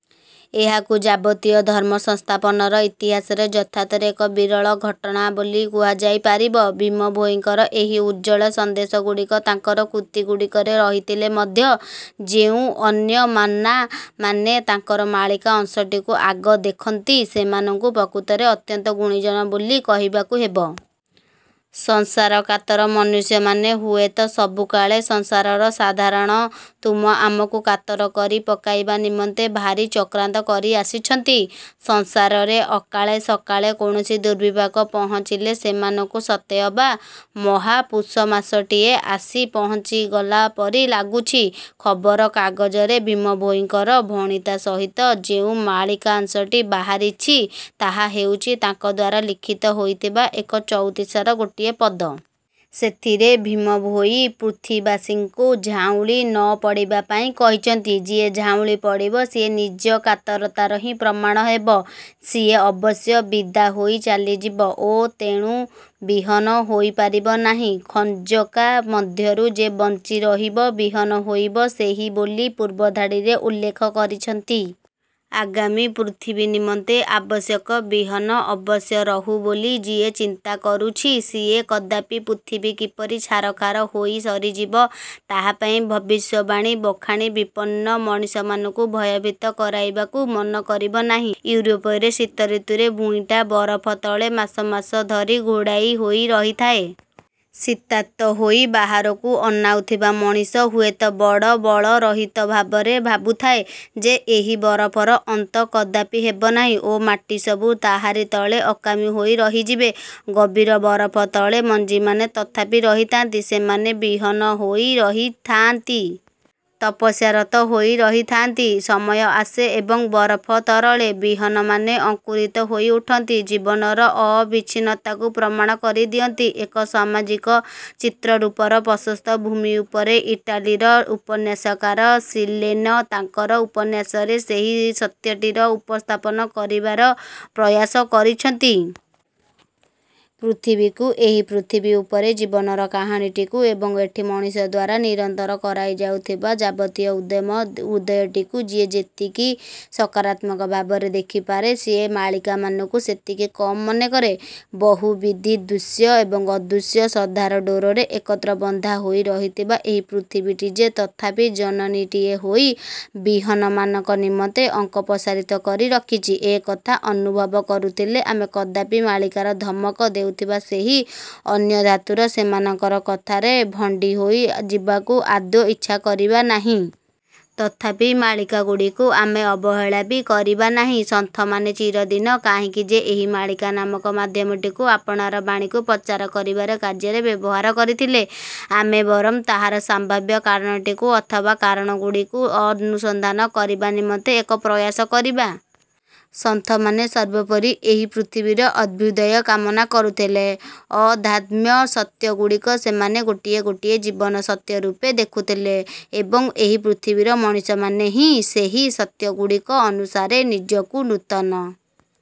ଏହାକୁ ଯାବତୀୟ ଧର୍ମସଂସ୍ଥାପନର ଇତିହାସରେ ଯଥାର୍ଥରେ ଏକ ବିରଳ ଘଟଣା ବୋଲି କୁହାଯାଇପାରିବ। ଭୀମ ଭୋଇଙ୍କର ଏହି ଉଜ୍ଜ୍ୱଳ ସନ୍ଦେଶଗୁଡ଼ିକ ତାଙ୍କର କୃତିଗୁଡ଼ିକରେ ରହିଥିଲେ ମଧ୍ୟ ଯେଉଁ ଅନ୍ୟମନାମାନେ ତାଙ୍କର ମାଳିକା ଅଂଶଟିକୁ ଆଗ ଦେଖନ୍ତି, ସେମାନଙ୍କୁ ପ୍ରକୃତରେ ଅତ୍ୟନ୍ତ ଗୁଣୀଜନ ବୋଲି କହିବାକୁ ହେବ। ସଂସାରକାତର ମନୁଷ୍ୟମାନେ ହୁଏତ ସବୁକାଳେ ସଂସାରର ସାଧାରଣ ତୁମ ଆମଙ୍କୁ କାତର କରି ପକାଇବା ନିମନ୍ତେ ଭାରି ଚକ୍ରାନ୍ତ କରି ଆସିଛନ୍ତି। ସଂସାରରେ ଅକାଳେ ସକାଳେ କୌଣସି ଦୁର୍ବିପାକ ପହଞ୍ଚିଲେ ସେମାନଙ୍କୁ ସତେଅବା ମହାପୁଷମାସଟିଏ ଆସି ପହଞ୍ଚିଗଲା ପରି ଲାଗୁଛି। ଖବରକାଗଜରେ ଭୀମ ଭୋଇଙ୍କର ଭଣିତା ସହିତ ଯେଉଁ ମାଳିକାଂଶଟି ବାହାରିଛି, ତାହା ହେଉଛି ତାଙ୍କଦ୍ଵାରା ଲିଖିତ ହୋଇଥିବା ଏକ ଚଉତିଶାର ଗୋଟିଏ ପଦ। ସେଥିରେ ଭୀମ ଭୋଇ ପୃଥ୍ୱୀବାସୀଙ୍କୁ ଝାଉଁଳି ନ ପଡ଼ିବା ପାଇଁ କହିଛନ୍ତି। ଯିଏ ଝାଉଁଳି ପଡ଼ିବ, ସିଏ ନିଜ କାତରତାର ହିଁ ପ୍ରମାଣ ହେବ। ସିଏ ଅବଶ୍ୟ ବିଦା ହୋଇ ଚାଲିଯିବ ଓ ତେଣୁ ବିହନ ହୋଇପାରିବ ନାହିଁ। 'ଝଞ୍ଜକା ମଧ୍ୟରୁ ଯେ ବଞ୍ଚି ରହିବ, ବିହନ ହୋଇବ ସେହି' ବୋଲି ପୂର୍ବଧାଡ଼ିରେ ଉଲ୍ଲେଖ କରିଛନ୍ତି। ଆଗାମୀ ପୃଥିବୀ ନିମନ୍ତେ ଆବଶ୍ୟକ ବିହନ ଅବଶ୍ୟ ରହୁ ବୋଲି ଯିଏ ଚିନ୍ତା କରୁଛି, ସିଏ କଦାପି ପୃଥିବୀ କିପରି ଛାରଖାର ହୋଇ ସରିଯିବ, ତାହାପାଇଁ ଭବିଷ୍ୟବାଣୀ ବଖାଣି ବିପନ୍ନ ମଣିଷମାନଙ୍କୁ ଭୟଭୀତ କରାଇବାକୁ ମନ କରିବ ନାହିଁ। ୟୁରୋପରେ ଶୀତଋତୁରେ ଭୂଇଁଟା ବରଫ ତଳେ ମାସ ମାସ ଧରି ଘୋଡ଼ାଇ ହୋଇ ରହିଥାଏ। ଶୀତାର୍ତ୍ତ ହୋଇ ବାହାରକୁ ଅନାଉଥିବା ମଣିଷ ହୁଏତ ବଡ଼ ବଳରହିତ ଭାବରେ ଭାବୁଥାଏ ଯେ, ଏହି ବରଫର ଅନ୍ତ କଦାପି ହେବନାହିଁ ଓ ମାଟିସବୁ ତାହାରି ତଳେ ଅକାମୀ ହୋଇ ରହିଯିବେ। ଗଭୀର ବରଫ ତଳେ ମଞ୍ଜିମାନେ ତଥାପି ରହିଥାନ୍ତି, ସେମାନେ ବିହନ ହୋଇ ରହିଥାଆନ୍ତି। ତପସ୍ୟାରତ ହୋଇ ରହିଥାନ୍ତି। ସମୟ ଆସେ ଏବଂ ବରଫ ତରଳେ। ବିହନମାନେ ଅଙ୍କୁରିତ ହୋଇ ଉଠନ୍ତି। ଜୀବନର ଅବିଛିନ୍ନତାକୁ ପ୍ରମାଣ କରିଦିଅନ୍ତି। ଏକ ସାମାଜିକ ଚିତ୍ରରୂପର ପ୍ରଶସ୍ତ ଭୂମି ଉପରେ ଇଟାଲୀର ଉପନ୍ୟାସକାର ସିଲୋନେ ତାଙ୍କର ଉପନ୍ୟାସରେ ସେହି ସତ୍ୟଟିର ଉପସ୍ଥାପନା କରିବାର ପ୍ରୟାସ କରିଛନ୍ତି। ପୃଥିବୀକୁ, ଏହି ପୃଥିବୀ ଉପରେ ଜୀବନର କାହାଣୀଟିକୁ ଏବଂ ଏଠି ମଣିଷ ଦ୍ଵାରା ନିରନ୍ତର କରାଯାଉଥିବା ଯାବତୀୟ ଉଦ୍ୟମର ହୃଦୟଟିକୁ ଯିଏ ଯେତିକି ସକାରାତ୍ମକ ଭାବରେ ଦେଖିପାରେ, ସିଏ ମାଳିକାମାନଙ୍କୁ ସେତିକି କମ୍ ମନ କରେ। ବହୁବିଧ ଦୃଶ୍ୟ ଏବଂ ଅଦୃଶ୍ୟ ଶ୍ରଦ୍ଧାର ଡୋରରେ ଏକତ୍ର ବନ୍ଧାହୋଇ ରହିଥିବା ଏହି ପୃଥିବୀଟି ଯେ ତଥାପି ଜନନୀଟିଏ ହୋଇ ବିହନମାନଙ୍କ ନିମନ୍ତେ ଅଙ୍କ ପ୍ରସାରିତ କରି ରଖିଛି, ଏକଥା ଅନୁଭବ କରୁଥିଲେ ଆମେ କଦାପି ମାଳିକାର ଧମକ ଦେଉଥିବା ସେହି ଅନ୍ୟ ଧାତୁର ସେମାନଙ୍କର କଥାରେ ଭଣ୍ଡିହୋଇ ଯିବାକୁ ଆଦୌ ଇଚ୍ଛା କରିବା ନାହିଁ। ତଥାପି ମାଳିକାଗୁଡ଼ିକୁ ଆମେ ଅବହେଳା ବି କରିବା ନାହିଁ। ସନ୍ଥମାନେ ଚିରଦିନ କାହିଁକି ଯେ ଏହି ମାଳିକା ନାମକ ମାଧ୍ୟମଟିକୁ ଆପଣାର ବାଣୀକୁ ପ୍ରଚାର କରିବାର କାର୍ଯ୍ୟରେ ବ୍ୟବହାର କରିଥିଲେ, ଆମେ ବରଂ ତାହାର ସମ୍ଭାବ୍ୟ କାରଣଟିକୁ ଅଥବା କାରଣଗୁଡ଼ିକୁ ଅନୁସନ୍ଧାନ କରିବା ନିମନ୍ତେ ଏକ ପ୍ରୟାସ କରିବା। ସନ୍ଥମାନେ ସର୍ବୋପରି ଏହି ପୃଥିବୀର ଅଭ୍ୟୁଦୟ କାମନା କରୁଥିଲେ। ଅଧ୍ୟାତ୍ମ ସତ୍ୟଗୁଡ଼ିକୁ ସେମାନେ ଗୋଟିଏ ଗୋଟିଏ ଜୀବନ-ସତ୍ୟ ରୂପେ ଦେଖୁଥିଲେ। ଏବଂ, ଏହି ପୃଥିବୀର ମଣିଷମାନେ ହିଁ ସେହି ସତ୍ୟଗୁଡ଼ିକ ଅନୁସାରେ ନିଜକୁ ନୂତନ